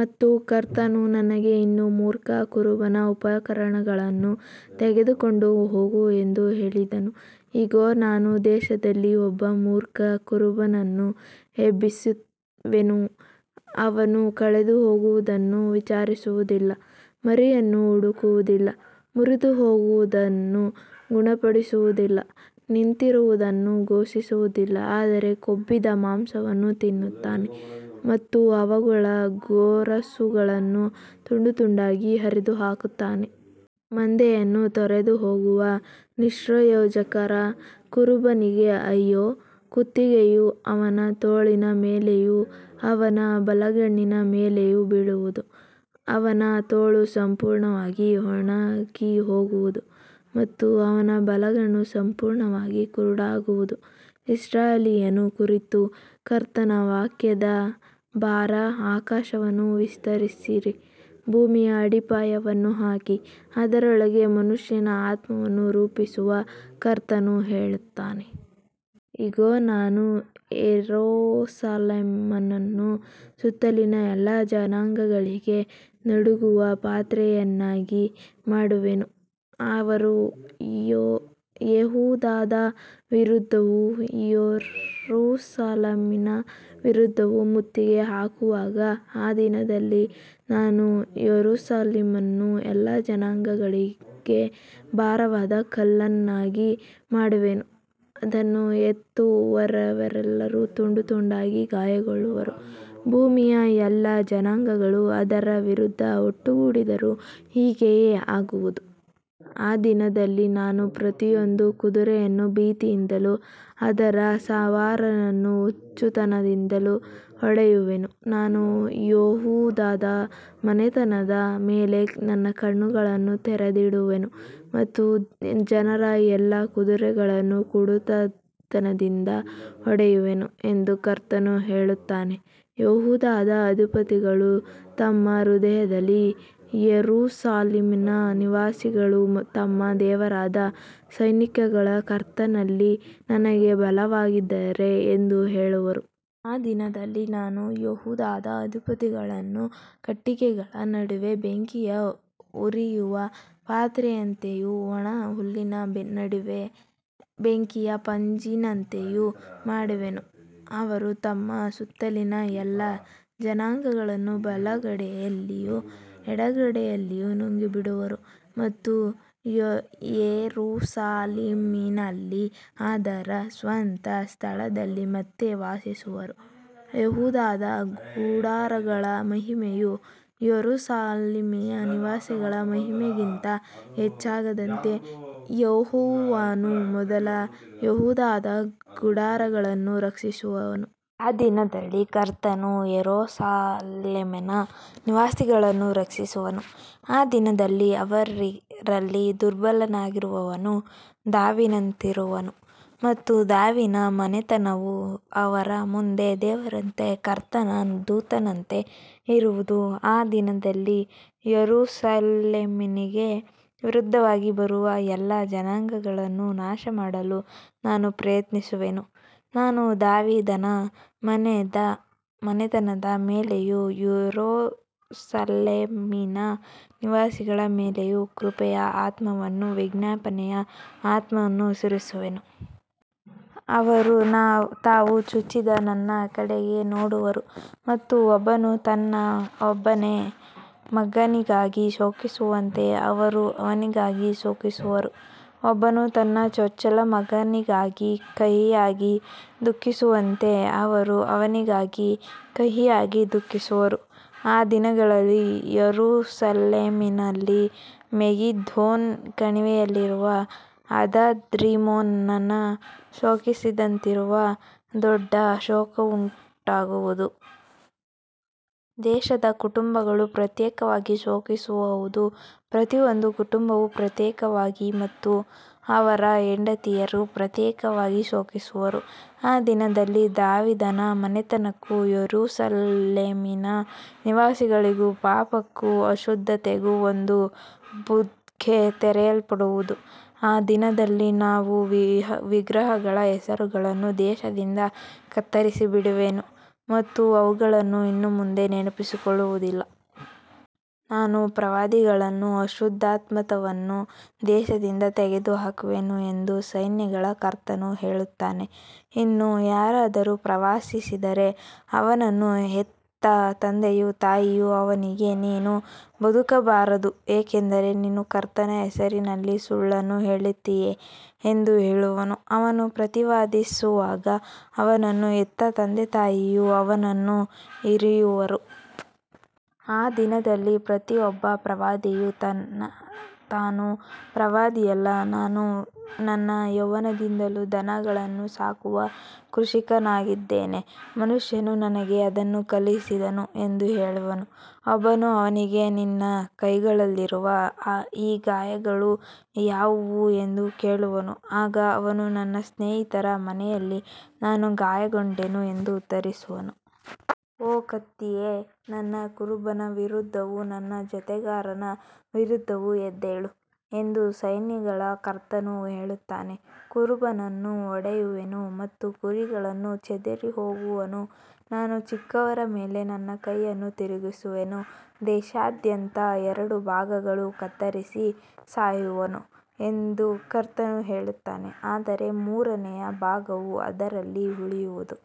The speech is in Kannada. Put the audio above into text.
ಮತ್ತು ಕರ್ತನು ನನಗೆ ಇನ್ನೂ ಮೂರ್ಖ ಕುರುಬನ ಉಪಕರಣಗಳನ್ನು ತೆಗೆದುಕೊಂಡು ಹೋಗು ಎಂದು ಹೇಳಿದನು. ಇಗೋ, ನಾನು ದೇಶದಲ್ಲಿ ಒಬ್ಬ ಮೂರ್ಖ ಕುರುಬನನ್ನು ಎಬ್ಬಿಸುವೆನು. ಅವನು ಕಳೆದುಹೋದದ್ದನ್ನು ವಿಚಾರಿಸುವುದಿಲ್ಲ, ಮರಿಯನ್ನು ಹುಡುಕುವುದಿಲ್ಲ, ಮುರಿದುಹೋದದ್ದನ್ನು ಗುಣಪಡಿಸುವುದಿಲ್ಲ, ನಿಂತಿರುವುದನ್ನು ಪೋಷಿಸುವುದಿಲ್ಲ, ಆದರೆ ಕೊಬ್ಬಿದ ಮಾಂಸವನ್ನು ತಿನ್ನುತ್ತಾನೆ ಮತ್ತು ಅವುಗಳ ಗೊರಸುಗಳನ್ನು ತುಂಡು ತುಂಡಾಗಿ ಹರಿದುಹಾಕುತ್ತಾನೆ. ಮಂದೆಯನ್ನು ತೊರೆದುಹೋಗುವ ನಿಷ್ಪ್ರಯೋಜಕ ಕುರುಬನಿಗೆ ಅಯ್ಯೋ. ಕತ್ತಿಯು ಅವನ ತೋಳಿನ ಮೇಲೆಯೂ ಅವನ ಬಲಗಣ್ಣಿನ ಮೇಲೆಯೂ ಬೀಳುವುದು. ಅವನ ತೋಳು ಸಂಪೂರ್ಣವಾಗಿ ಒಣಗಿಹೋಗುವುದು ಮತ್ತು ಅವನ ಬಲಗಣ್ಣು ಸಂಪೂರ್ಣವಾಗಿ ಕುರುಡಾಗುವುದು. ಇಸ್ರಾಯೇಲಿನ ಕುರಿತು ಕರ್ತನ ವಾಕ್ಯದ ಭಾರ. ಆಕಾಶವನ್ನು ವಿಸ್ತರಿಸಿ, ಭೂಮಿಯ ಅಡಿಪಾಯವನ್ನು ಹಾಕಿ, ಅದರೊಳಗೆ ಮನುಷ್ಯನ ಆತ್ಮವನ್ನು ರೂಪಿಸುವ ಕರ್ತನು ಹೇಳುತ್ತಾನೆ. ಇಗೋ, ನಾನು ಯೆರೂಸಲೇಮನ್ನು ಸುತ್ತಲಿನ ಎಲ್ಲಾ ಜನಾಂಗಗಳಿಗೆ ನಡುಗುವ ಪಾತ್ರೆಯನ್ನಾಗಿ ಮಾಡುವೆನು, ಅವರು ಯೆಹೂದದ ವಿರುದ್ಧವೂ ಯೆರೂಸಲೇಮಿನ ವಿರುದ್ಧವೂ ಮುತ್ತಿಗೆ ಹಾಕುವಾಗ. ಆ ದಿನದಲ್ಲಿ ನಾನು ಯೆರೂಸಲೇಮನ್ನು ಎಲ್ಲಾ ಜನಾಂಗಗಳಿಗೆ ಭಾರವಾದ ಕಲ್ಲನ್ನಾಗಿ ಮಾಡುವೆನು. ಅದನ್ನು ಎತ್ತುವವರೆಲ್ಲರೂ ತುಂಡು ತುಂಡಾಗಿ ಗಾಯಗೊಳ್ಳುವರು. ಭೂಮಿಯ ಎಲ್ಲಾ ಜನಾಂಗಗಳು ಅದರ ವಿರುದ್ಧ ಒಟ್ಟುಗೂಡಿದರೂ ಹೀಗೆಯೇ ಆಗುವುದು. ಆ ದಿನದಲ್ಲಿ ನಾನು ಪ್ರತಿಯೊಂದು ಕುದುರೆಯನ್ನು ಭೀತಿಯಿಂದಲೂ ಅದರ ಸವಾರನನ್ನು ಹುಚ್ಚುತನದಿಂದಲೂ ಹೊಡೆಯುವೆನು. ನಾನು ಯೆಹೂದದ ಮನೆತನದ ಮೇಲೆ ನನ್ನ ಕಣ್ಣುಗಳನ್ನು ತೆರೆದಿಡುವೆನು ಮತ್ತು ಜನರ ಎಲ್ಲಾ ಕುದುರೆಗಳನ್ನು ಕುರುಡುತನದಿಂದ ಹೊಡೆಯುವೆನು ಎಂದು ಕರ್ತನು ಹೇಳುತ್ತಾನೆ. ಯೆಹೂದದ ಅಧಿಪತಿಗಳು ತಮ್ಮ ಹೃದಯದಲ್ಲಿ ಯೆರೂಸಲೇಮಿನ ನಿವಾಸಿಗಳು ತಮ್ಮ ದೇವರಾದ ಸೈನ್ಯಗಳ ಕರ್ತನಲ್ಲಿ ನನಗೆ ಬಲವಾಗಿದ್ದಾರೆ ಎಂದು ಹೇಳುವರು. ಆ ದಿನದಲ್ಲಿ ನಾನು ಯೆಹೂದದ ಅಧಿಪತಿಗಳನ್ನು ಕಟ್ಟಿಗೆಗಳ ನಡುವೆ ಬೆಂಕಿಯ ಉರಿಯುವ ಪಾತ್ರೆಯಂತೆಯೂ, ಒಣ ಹುಲ್ಲಿನ ನಡುವೆ ಬೆಂಕಿಯ ಪಂಜಿನಂತೆಯೂ ಮಾಡುವೆನು. ಅವರು ತಮ್ಮ ಸುತ್ತಲಿನ ಎಲ್ಲಾ ಜನಾಂಗಗಳನ್ನು ಬಲಗಡೆಯಲ್ಲಿಯೂ ಎಡಗಡೆಯಲ್ಲಿಯೂ ನುಂಗಿಬಿಡುವರು ಮತ್ತು ಯೆರೂಸಲೇಮಿನಲ್ಲಿ ಅದರ ಸ್ವಂತ ಸ್ಥಳದಲ್ಲಿ ಮತ್ತೆ ವಾಸಿಸುವರು. ಯೆಹೂದದ ಗುಡಾರಗಳ ಮಹಿಮೆಯು ಯೆರೂಸಲೇಮಿನ ನಿವಾಸಿಗಳ ಮಹಿಮೆಯಿಗಿಂತ ಹೆಚ್ಚಾಗದಂತೆ ಯೆಹೋವನು ಮೊದಲು ಯೆಹೂದದ ಗುಡಾರಗಳನ್ನು ರಕ್ಷಿಸುವನು. ಆ ದಿನದಲ್ಲಿ ಕರ್ತನು ಯೆರೂಸಲೇಮಿನ ನಿವಾಸಿಗಳನ್ನು ರಕ್ಷಿಸುವನು. ಆ ದಿನದಲ್ಲಿ ಅವರಲ್ಲಿ ದುರ್ಬಲನಾಗಿರುವವನು ದಾವೀದನಂತಿರುವನು ಮತ್ತು ದಾವೀದನ ಮನೆತನವು ಅವರ ಮುಂದೆ ದೇವರಂತೆ, ಕರ್ತನ ದೂತನಂತೆ ಇರುವುದು. ಆ ದಿನದಲ್ಲಿ ಯೆರೂಸಲೇಮಿಗೆ ವಿರುದ್ಧವಾಗಿ ಬರುವ ಎಲ್ಲಾ ಜನಾಂಗಗಳನ್ನು ನಾಶಮಾಡಲು ನಾನು ಪ್ರಯತ್ನಿಸುವೆನು. ನಾನು ದಾವೀದನ ಮನೆತನದ ಮೇಲೆಯೂ ಯೆರೂಸಲೇಮಿನ ನಿವಾಸಿಗಳ ಮೇಲೆಯೂ ಕೃಪೆಯ ಆತ್ಮವನ್ನೂ ವಿಜ್ಞಾಪನೆಯ ಆತ್ಮವನ್ನೂ ಸುರಿಸುವೆನು. ಅವರು ತಾವು ಚುಚ್ಚಿದ ನನ್ನ ಕಡೆಗೆ ನೋಡುವರು ಮತ್ತು ಒಬ್ಬನು ತನ್ನ ಒಬ್ಬನೇ ಮಗನಿಗಾಗಿ ಶೋಕಿಸುವಂತೆ ಅವರೂ ಅವನಿಗಾಗಿ ಶೋಕಿಸುವರು. ಒಬ್ಬನು ತನ್ನ ಚೊಚ್ಚಲ ಮಗನಿಗಾಗಿ ಕಹಿಯಾಗಿ ದುಃಖಿಸುವಂತೆ ಅವರು ಅವನಿಗಾಗಿ ಕಹಿಯಾಗಿ ದುಃಖಿಸುವರು. ಆ ದಿನದಲ್ಲಿ ಯೆರೂಸಲೇಮಿನಲ್ಲಿ ಮೆಗಿದ್ದೋನ್ ಕಣಿವೆಯಲ್ಲಿರುವ ಹದದ್ರಿಮ್ಮೋನನ ಶೋಕದಂತಿರುವ ದೊಡ್ಡ ಶೋಕವುಂಟಾಗುವುದು. ದೇಶದ ಕುಟುಂಬಗಳು ಪ್ರತ್ಯೇಕವಾಗಿ ಶೋಕಿಸುವವು, ಪ್ರತಿಯೊಂದು ಕುಟುಂಬವೂ ಪ್ರತ್ಯೇಕವಾಗಿ ಮತ್ತು ಅವರ ಹೆಂಡತಿಯರೂ ಪ್ರತ್ಯೇಕವಾಗಿ ಶೋಕಿಸುವರು. ಆ ದಿನದಲ್ಲಿ ದಾವೀದನ ಮನೆತನಕ್ಕೂ ಯೆರೂಸಲೇಮಿನ ನಿವಾಸಿಗಳಿಗೂ ಪಾಪಕ್ಕೂ ಅಶುದ್ಧತೆಗೂ ಒಂದು ಬುಗ್ಗೆ ತೆರೆಯಲ್ಪಡುವುದು. ಆ ದಿನದಲ್ಲಿ ನಾನು ವಿಗ್ರಹಗಳ ಹೆಸರುಗಳನ್ನು ದೇಶದಿಂದ ಕತ್ತರಿಸಿಬಿಡುವೆನು ಮತ್ತು ಅವುಗಳನ್ನು ಇನ್ನು ಮುಂದೆ ನೆನಪಿಸಿಕೊಳ್ಳುವುದಿಲ್ಲ. ನಾನು ಪ್ರವಾದಿಗಳನ್ನೂ ಅಶುದ್ಧಾತ್ಮವನ್ನೂ ದೇಶದಿಂದ ತೆಗೆದುಹಾಕುವೆನು ಎಂದು ಸೈನ್ಯಗಳ ಕರ್ತನು ಹೇಳುತ್ತಾನೆ. ಇನ್ನೂ ಯಾರಾದರೂ ಪ್ರವಾದಿಸಿದರೆ, ಅವನನ್ನು ಹೆತ್ತ ತಂದೆಯೂ ತಾಯಿಯೂ ಅವನಿಗೆ, ನೀನು ಬದುಕಬಾರದು, ಏಕೆಂದರೆ ನೀನು ಕರ್ತನ ಹೆಸರಿನಲ್ಲಿ ಸುಳ್ಳನ್ನು ಹೇಳುತ್ತೀಯೆ ಎಂದು ಹೇಳುವರು. ಅವನು ಪ್ರವಾದಿಸುವಾಗ ಅವನನ್ನು ಹೆತ್ತ ತಂದೆಯೂ ತಾಯಿಯೂ ಅವನನ್ನು ಇರಿಯುವರು. ಆ ದಿನದಲ್ಲಿ ಪ್ರತಿಯೊಬ್ಬ ಪ್ರವಾದಿಯೂ ತಾನು ಪ್ರವಾದಿಯಲ್ಲ, ನಾನು ನನ್ನ ಯೌವನದಿಂದಲೂ ದನಗಳನ್ನು ಸಾಕುವ ಕೃಷಿಕನಾಗಿದ್ದೇನೆ, ಮನುಷ್ಯನು ನನಗೆ ಅದನ್ನು ಕಲಿಸಿದನು ಎಂದು ಹೇಳುವನು. ಒಬ್ಬನು ಅವನಿಗೆ, ನಿನ್ನ ಕೈಗಳಲ್ಲಿರುವ ಈ ಗಾಯಗಳು ಯಾವುವು ಎಂದು ಕೇಳುವನು. ಆಗ ಅವನು, ನನ್ನ ಸ್ನೇಹಿತರ ಮನೆಯಲ್ಲಿ ನಾನು ಗಾಯಗೊಂಡೆನು ಎಂದು ಉತ್ತರಿಸುವನು. ಓ ಕತ್ತಿಯೇ, ನನ್ನ ಕುರುಬನ ವಿರುದ್ಧವೂ ನನ್ನ ಜೊತೆಗಾರನ ವಿರುದ್ಧವೂ ಎದ್ದೇಳು ಎಂದು ಸೈನ್ಯಗಳ ಕರ್ತನು ಹೇಳುತ್ತಾನೆ. ಕುರುಬನನ್ನು ಹೊಡೆಯುವೆನು ಮತ್ತು ಕುರಿಗಳು ಚದುರಿಹೋಗುವವು. ನಾನು ಚಿಕ್ಕವರ ಮೇಲೆ ನನ್ನ ಕೈಯನ್ನು ತಿರುಗಿಸುವೆನು. ದೇಶದಾದ್ಯಂತ ಎರಡು ಭಾಗಗಳು ಕತ್ತರಿಸಿ ಸಾಯುವವು ಎಂದು ಕರ್ತನು ಹೇಳುತ್ತಾನೆ, ಆದರೆ ಮೂರನೆಯ ಭಾಗವು ಅದರಲ್ಲಿ ಉಳಿಯುವುದು.